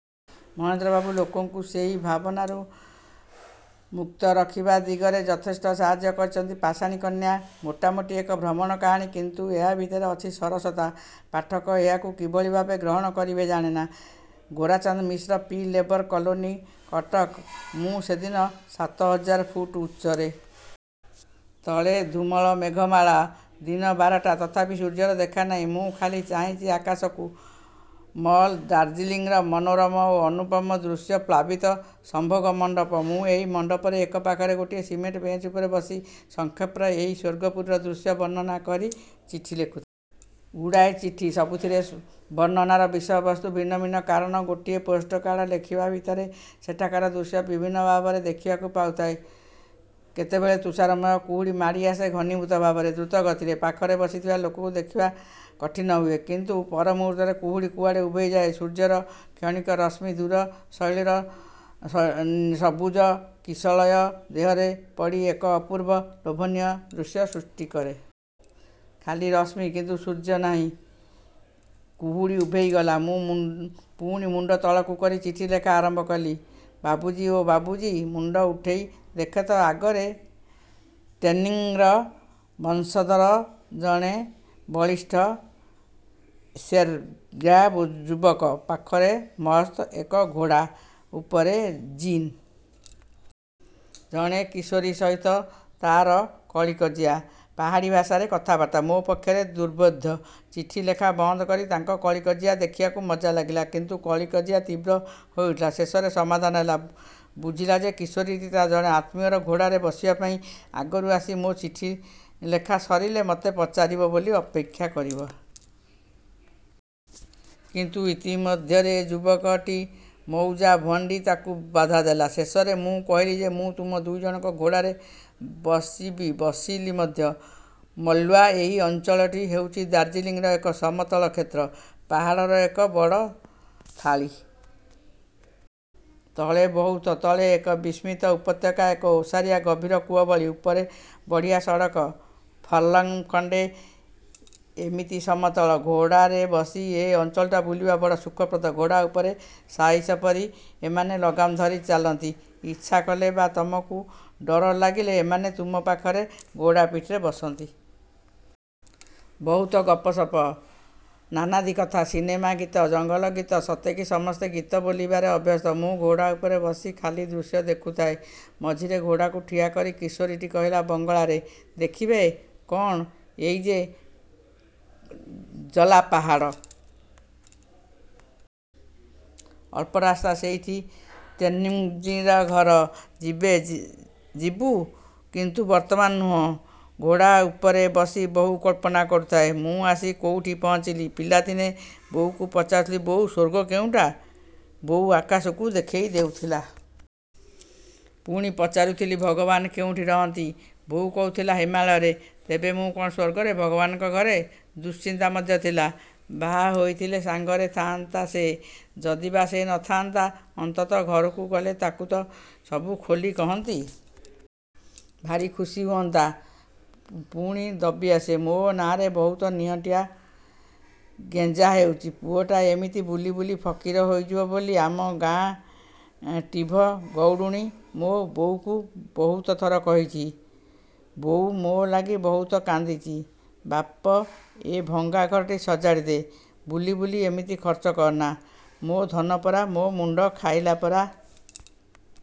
ମହେନ୍ଦ୍ରବାବୁ ଲୋକଙ୍କୁ ସେହି ଭାବନାରୁ ମକ୍ତ ରଖିବା ଦିଗରେ ଯଥେଷ୍ଟ ସାହାର୍ଯ୍ୟ କରିଛନ୍ତି। ପାଷାଣୀ କନ୍ୟା-ମୋଟାମୋଟି ଏକ ଭ୍ରମଣ କାହାଣୀ କିନ୍ତୁ ଏହା ଭିତରେ ଅଛି ସରସତା। ପାଠକ ଏହାକୁ କିଭଳି ଭାବେ ଗ୍ରହଣ କରିବେ ଜାଣେନା। ଗୋରାଚାନ୍ଦ ମିଶ୍ର ପି-, ଲେବର କଲୋନୀ କଟକ ମୁଁ ସେଦିନ ସାତହଜାର ଫୁଟ ଉଚ୍ଚରେ। ତଳେ ଧୂମଳ ମେଘମାଳା। ଦିନ ବାରଟା। ତଥାପି ସୂର୍ଯ୍ୟର ଦେଖାନାହିଁ। ମୁଁ ଖାଲି ଚାହିଁଚି ଆକାଶକୁ। ମଲ୍ ଦାର୍ଜିଲିଂର ମନୋରମ ଓ ଅନୁପମ ଦୃଶ୍ୟ ପ୍ଳାବିତ ସମ୍ଭୋଗ ମଣ୍ଡପ। ମୁଁ ଏହି ମଣ୍ଡପରେ ଏକ ପାଖରେ ଗୋଟିଏ ସିମେଣ୍ଟ ବେଞ୍ଚ ଉପରେ ବସି ସଂକ୍ଷେପରେ ଏହି ସ୍ୱର୍ଗପୁରୀର ଦୃଶ୍ୟ ବର୍ଣ୍ଣନା କରି ଚିଠି ଲେଖୁଥାଏ। ଗୁଡ଼ାଏ ଚିଠି। ସବୁଥିରେ ବର୍ଣ୍ଣନାର ବିଷୟବସ୍ତୁ ଭିନ୍ନ ଭିନ୍ନ କାରଣ ଗୋଟିଏ ପୋଷ୍ଟକାର୍ଡ଼ ଲେଖିବା ଭିତରେ ସେଠାକାର ଦୃଶ୍ୟ ବିଭିନ୍ନ ଭାବରେ ଦେଖିବାକୁ ପାଉଥାଏ। କେତେବେଳେ ତୁଷାରମୟ କୁହୁଡ଼ି ମାଡ଼ି ଆସେ ଘନୀଭୂତ ଭାବରେ, ଦ୍ରୁତଗତିରେ। ପାଖରେ ବସିଥିବା ଲୋକକୁ ଦେଖିବା କଠିନ ହୁଏ। କିନ୍ତୁ ପରମୁହୂର୍ତ୍ତରେ କୁହୁଡ଼ି କୁଆଡ଼େ ଉଭେଇଯାଏ-ସୂର୍ଯ୍ୟର କ୍ଷଣିକ ରଶ୍ମି ଦୂର ଶୈଳର ସବୁଜ କିଶଳୟ ଦେହରେ ପଡ଼ି ଏକ ଅପୂର୍ବ ଲୋଭନୀୟ ଦୃଶ୍ୟ ସୃଷ୍ଟି କରେ। ଖାଲି ରଶ୍ମି, କିନ୍ତୁ ସୂର୍ଯ୍ୟ କାହିଁ? କୁହୁଡ଼ି ଉଭେଇଗଲା, ମୁଁ ପୁଣି ମୁଣ୍ଡ ତଳକୁ କରି ଚିଠିଲେଖା ଆରମ୍ଭ କଲି। ''ବାବୁଜୀ-ଓ ବାବୁଜୀ। '' ମୁଣ୍ଡ ଉଠେଇ ଦେଖେ ତ ଆଗରେ ତେନ୍ଜିଂର ବଂଶଧର ଜଣେ ବଳିଷ୍ଠ ସେର୍ପା ଯୁବକ, ପାଖରେ ମସ୍ତ, ଏକ ଘୋଡ଼ା-ଉପରେ ଜିନ୍। ଜଣେ କିଶୋରୀ ସହିତ ତା'ର କଳିକଜିଆ। ପାହାଡ଼ୀଭାଷାରେ କଥାବାର୍ତ୍ତା। ମୋ ପକ୍ଷରେ ଦୁର୍ବୋଧ୍ୟ। ଚିଠି ଲେଖା ବନ୍ଦ କରି ତାଙ୍କ କଳିକଜିଆ ଦେଖିବାକୁ ମଜା ଲାଗିଲା। କିନ୍ତୁ କଳିକଜିଆ ତୀବ୍ର ହୋଇ ଉଠିଲା। ଶେଷରେ ସମାଧନ ହେଲା। ବୁଝିଲା ଯେ କିଶୋରୀଟି ତାର ଜଣେ ଆତ୍ମୀୟର ଘୋଡ଼ାରେ ବସିବା ପାଇଁ ଆଗରୁ ଆସି ମୋ ଚିଠି ଲେଖା ସରିଲେ ମତେ ପଚାରିବ ବୋଲି ଅପେକ୍ଷା କରିଚ। କିନ୍ତୁ ଇତି ମଧ୍ୟରେ ଏ ଯୁବକଟି ମଉଜା ଉଣ୍ଡି ତାକୁ ବାଧା ଦେଲା। ଶେଷରେ ମୁଁ କହିଲି ଯେ ମୁଁ ତୁମ ଦୁଇଜଣଙ୍କ ଘୋଡ଼ାରେ ବସିବି ବସିଲି ମଧ୍ୟ। ମଲ୍ବା ଏହି ଅଞ୍ଚଳଟି ହେଉଛି ଦାର୍ଜିଲିଂର ଏକ ସମତଳ କ୍ଷେତ୍ର। ପାହାଡ଼ର ଏକ ବଡ଼ ଥାଳୀ। ତଳେ, ବହୁତ ତଳେ ଏକ ବିସ୍ତୃତ ଉପତ୍ୟକା-ଏକ ଓସାରିଆ ଗଭୀର କୂଅ ଭଳି। ଉପରେ ବଢ଼ିଆ ସଡ଼କ। ଫର୍ଲଙ୍ଗ ଖଣ୍ଡେ ଏମିତି ସମତଳ। ଘୋଡ଼ାରେ ବସି ଏ ଅଞ୍ଚଳଟି ବୁଲିବା ବଡ଼ ସୁଖପ୍ରଦ। ଘୋଡ଼ା ଉପରେ ସାଇଶ ପରି ଏମାନେ ଲଗାମ ଧରି ଚାଲନ୍ତି। ଇଚ୍ଛା କଲେ ବା ତମକୁ ଡର ଲାଗିଲେ, ଏମାନେ ତୁମ ପାଖରେ ଘୋଡ଼ା ପିଠିରେ ବସନ୍ତି। ବହୁତ ଗପସପ। ନାନାଦି କଥା-। ସିନେମା ଗୀତ, ଜଙ୍ଗଲ ଗୀତ, ସତେକି ସମସ୍ତେ ଗୀତ ବୋଲିବାରେ ଅଭ୍ୟସ୍ତ। ମୁଁ ଘୋଡ଼ା ଉପରେ ବସି ଖାଲି ଦୃଶ୍ୟ ଦେଖୁଥାଏ। ମଝିରେ ଘୋଡ଼ାକୁ ଠିଆ କରି କିଶୋରୀଟି କହିଲା ବଙ୍ଗଳାରେ। ''ଦେଖିବେ? '' ''କଣ? '' ''ଏଇ ଯେ ଜଲା ପାହାଡ଼। ଅଳ୍ପ ରାସ୍ତା। ସେଇଠି ତେନ୍ଜିଂର ଘର। ଯିବେ? '' ''ଯିବୁ, କିନ୍ତୁ ବର୍ତ୍ତମାନ ନୁହେଁ? '' ଘୋଡ଼ା ଉପରେ ବସି ବହୁ କଳ୍ପନା କରୁଥାଏ। ମୁଁ ଆସି କେଉଁଠି ପହଞ୍ଚିଲି? ପିଲାଦିନେ ବୋଉକୁ ପଚାରୁଥିଲି, ''ବୋଉ ସ୍ୱର୍ଗ କେଉଁଟା-? '' ବୋଉ ଆକାଶକୁ ଦେଖେଇ ଦେଉଥିଲା। ପୁଣି ପଚାରୁଥିଲି, ''ଭଗବାନ କେଉଁଠି ରହନ୍ତି-? '' ବୋଉ କହୁଥିଲା-ହିମାଳୟରେ। ତେବେ ମୁଁ କ'ଣ ସ୍ୱର୍ଗରେ-ଭଗବାନଙ୍କ ଘରେ? ଦୁଶ୍ଚିନ୍ତା ମଧ୍ୟ ଥିଲା। ବାହା ହୋଇଥିଲେ ସାଙ୍ଗରେ ଥାଆନ୍ତା ସେ। ଯଦି ବା ସେ ନ ଆସି ଥାଆନ୍ତା, ଅନ୍ତତଃ ଘରକୁ ଗଲେ ତାକୁ ତ ସବୁ ଖୋଲି କହନ୍ତି। ଭାରି ଖୁସି ହୁଅନ୍ତା। ପୁଣି ଦବି ଆସେ। ମୋ ନାଁରେ ବହୁତ ନିଆଖୁଣ୍ଟ ଗେଞ୍ଜା ହେଉଛି। ପୁଅଟା ଏମିତି ବୁଲି ବୁଲି ଫକୀର ହୋଇଯିବ ବୋଲି ଆମ ଗାଁ ଟିଭ ଗଉଡ଼ୁଣୀ। ମୋ ବୋଉକୁ ବହୁତଥର କହିଛି-। ବୋଉ ମୋ ଲାଗି ବହୁତ କାନ୍ଦିଚି। ବାପ, ଏ ଭଙ୍ଗାଘରଟି ସଜାଡ଼ି ଦେ, ବୁଲି ବୁଲି ଏମିତି ଖର୍ଚ୍ଚ କରନା। ମୋ ଧନପରା ମୋ ମୁଣ୍ଡ ଖାଇଲା ପରି।